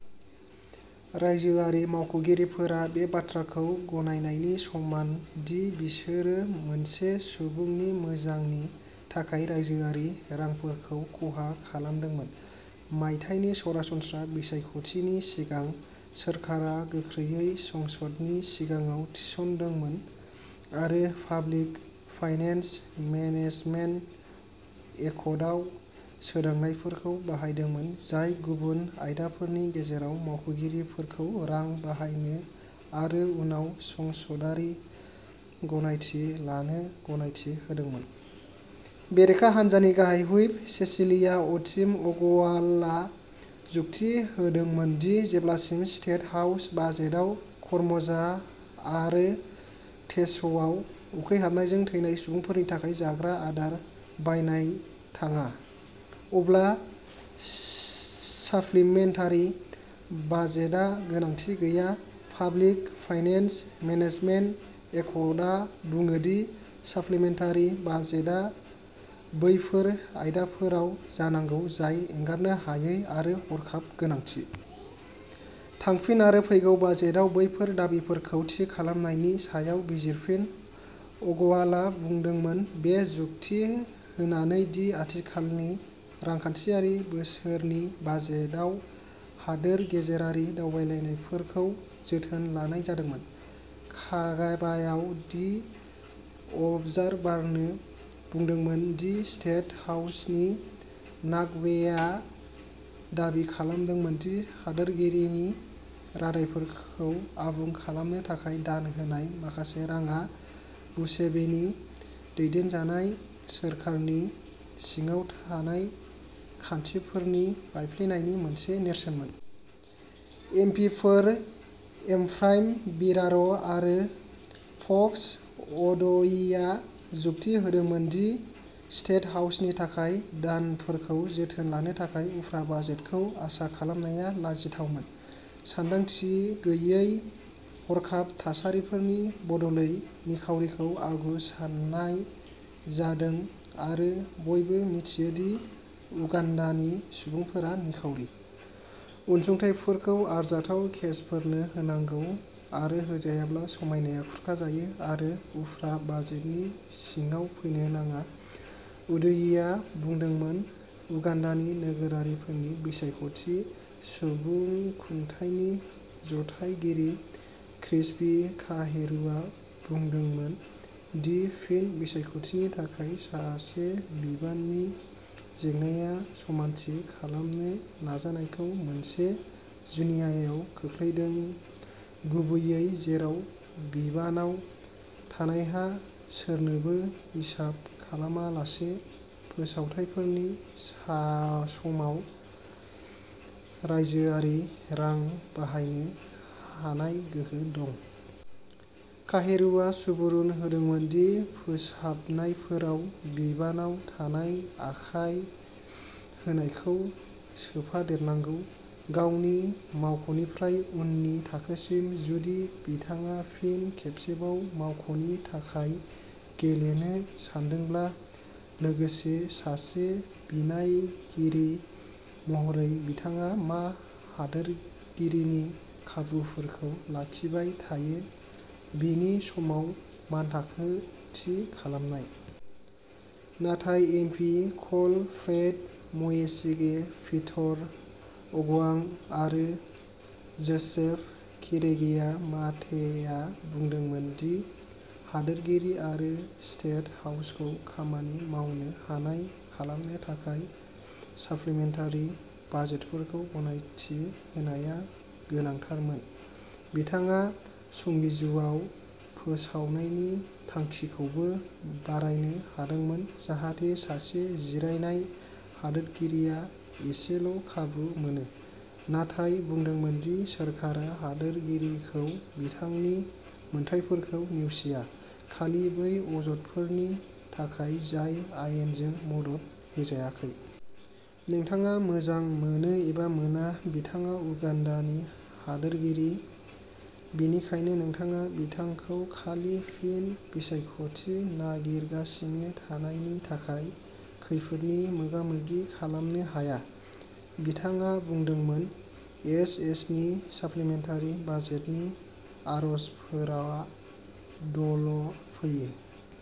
रायजोआरि मावख'गिरिफोरा बे बाथ्राखौ गनायनायनि समान दि बिसोरो सासे सुबुंनि मोजांनि थाखाय रायजोआरि रांफोरखौ खहा खालामदोंमोन। मायथाइनि सरासनस्रा बिसायख'थिनि सिगां, सोरखारा गोख्रैयै संसदनि सिगाङाव थिसन्दोंमोन आरो पाब्लिक फाइनेन्स मेनेजमेन्ट एकटआव सोदांनायफोरखौ बाहायदोंमोन, जाय गुबुन आयदाफोरनि गेजेराव मावख'गिरिफोरखौ रां बाहायनो आरो उनाव संसदारि गनायथि लानो गनायथि होदोंमोन। बेरेखा हान्जानि गाहाय हुइप, सेसिलिया अटिम अगवालआ जुक्ति होदोंमोन दि जेब्लासिम स्टेट हाउस बाजेटआव करम'जा आरो टेस'आव उखैहाबनायजों थैनाय सुबुंफोरनि थाखाय जाग्रा आदार बायनाय थाङा, अब्ला साप्लिमेन्टारि बाजेटआ गोनांथि गैया। पाब्लिक फाइनेन्स मेनेजमेन्ट एकटआ बुङो दि साप्लिमेन्टारि बाजेटआ बैफोर आयदाफोराव जानांगौ जाय एंगारनो हायै आरो हरखाब गोनांथि। थांफिन आरो फैगौ बाजेटआव बैफोर दाबिफोरखौ थि खालामनायनि सायाव बिजिरफिन, अगवालआ बुंदोंमोन, बे जुक्ति होनानै दि आथिखालनि रांखान्थियारि बोसोरनि बाजेदआव हादोर गेजेरारि दावबायनायफोरखौ जोथोन लानाय जादोंमोन। कागाबायाव दि अबजारभारनो बुंदोंमोन दि स्टेट हाउसनि नाक'बेआ दाबि खालामदों दि हादोरगिरिनि रादायफोरखौ आबुं खालामनो थाखाय दान होनाय माखासे राङा मुसेभेनी दैदेनजानाय सोरखारनि सिङाव थानाय खान्थिफोरनि बायफ्लेनायनि मोनसे नेरसोनमोन। एम पिफोर एफ्राइम बिरार' आरो फक्स अद'ईआ जुक्ति होदोंमोन दि स्टेट हाउसनि थाखाय दानफोरखौ जोथोन लानो थाखाय उफ्रा बाजेटखौ आसा खालामनाया लाजिथावमोन, सानदांथि गैयै हरखाब थासारिफोरनि बदलै। निखावरिखौ आगु सान्नाय जादों आरो बयबो मिथियो दि उगाण्डानि सुबुंफोरा निखावरि। अनसुंथाइफोरखौ आरजाथाव केसफोरनो होनांगौ आरो होजायाब्ला, समायनाया खुरखाजायो आरो उफ्रा बाजेटनि सिङाव फैनो नाङा, उदू'ई आ बुंदोंमोन। उगाण्डानि नोगोरारिफोरनि बिसायख'थि सुबुंखुंथायनि जथायगिरि, क्रिस्पी काहेरुआ बुंदोंमोन दि फिन बिसायख'थिनि थाखाय सासे बिबाननि जेंनाया समानथि खालामनो नाजानायखौ मोनसे जुजिनायाव खोख्लैदों, गुबैयै जेराव बिबानाव थानायहा सोरनोबो हिसाब खालामालासे फोसावथायफोरनि सा समाव रायजोआरि रां बाहायनो हानाय गोहो दं। काहेरुआ सुबुरुन होदोंमोन दि फोसाबनायफोराव बिबानाव थानाय आखाय होनायखौ सोफादेरनांगौ। गावनि मावख'निफ्राय उननि थाखोसिम, जुदि बिथाङा फिन खेबसेबाव मावख'नि थाखाय गेलेनो सानदोंब्ला, लोगोसे सासे बिनायगिरि महरै बिथाङा मा हादोरगिरिनि खाबुफोरखौ लाखिबाय थायो बेनि सायाव मानथाखो थि खालामनाय। नाथाय एम पि क'ल फ्रेड म्वेसिगे, पीटर अगवां आरो जोसेफ किरेगेया माटे आ बुंदोंमोन दि हादोरगिरि आरो स्टेट हाउसखौ खामानि मावनो हानाय खालामनो थाखाय साप्लिमेन्टारि बाजेटफोरखौ गनायथि होनाया गोनांथारमोन। बिथाङा संबिजुवाव फोसावनायनि थांखिखौबो बरायनो हादोंमोन, जाहाथे सासे जिरायनाय हादोरगिरिया एसेल' खाबुफोर मोनो, नाथाय बुंदोंमोन दि सोरखारा हादोरगिरिखौ बिथांनि मोन्थाइफोरखौ नेवसिया, खालि बै अजदफोरनि थाखाय जाय आयेनजों मदद होजायाखै। नोंथाङा मोजां मोनो एबा मोना, बिथाङा उगान्डानि हादोरगिरि, बेनिखायनो नोंथाङा बिथांखौ खालि फिन बिसायख'थि नागिरगासिनो थानायनि थाखाय खैफोदनि मोगामोगि खालामनो हाया, बिथाङा बुंदोंमोन। एच एसनि साप्लिमेन्टारि बाजेटनि आर'जफोरा द'ल' फैयो।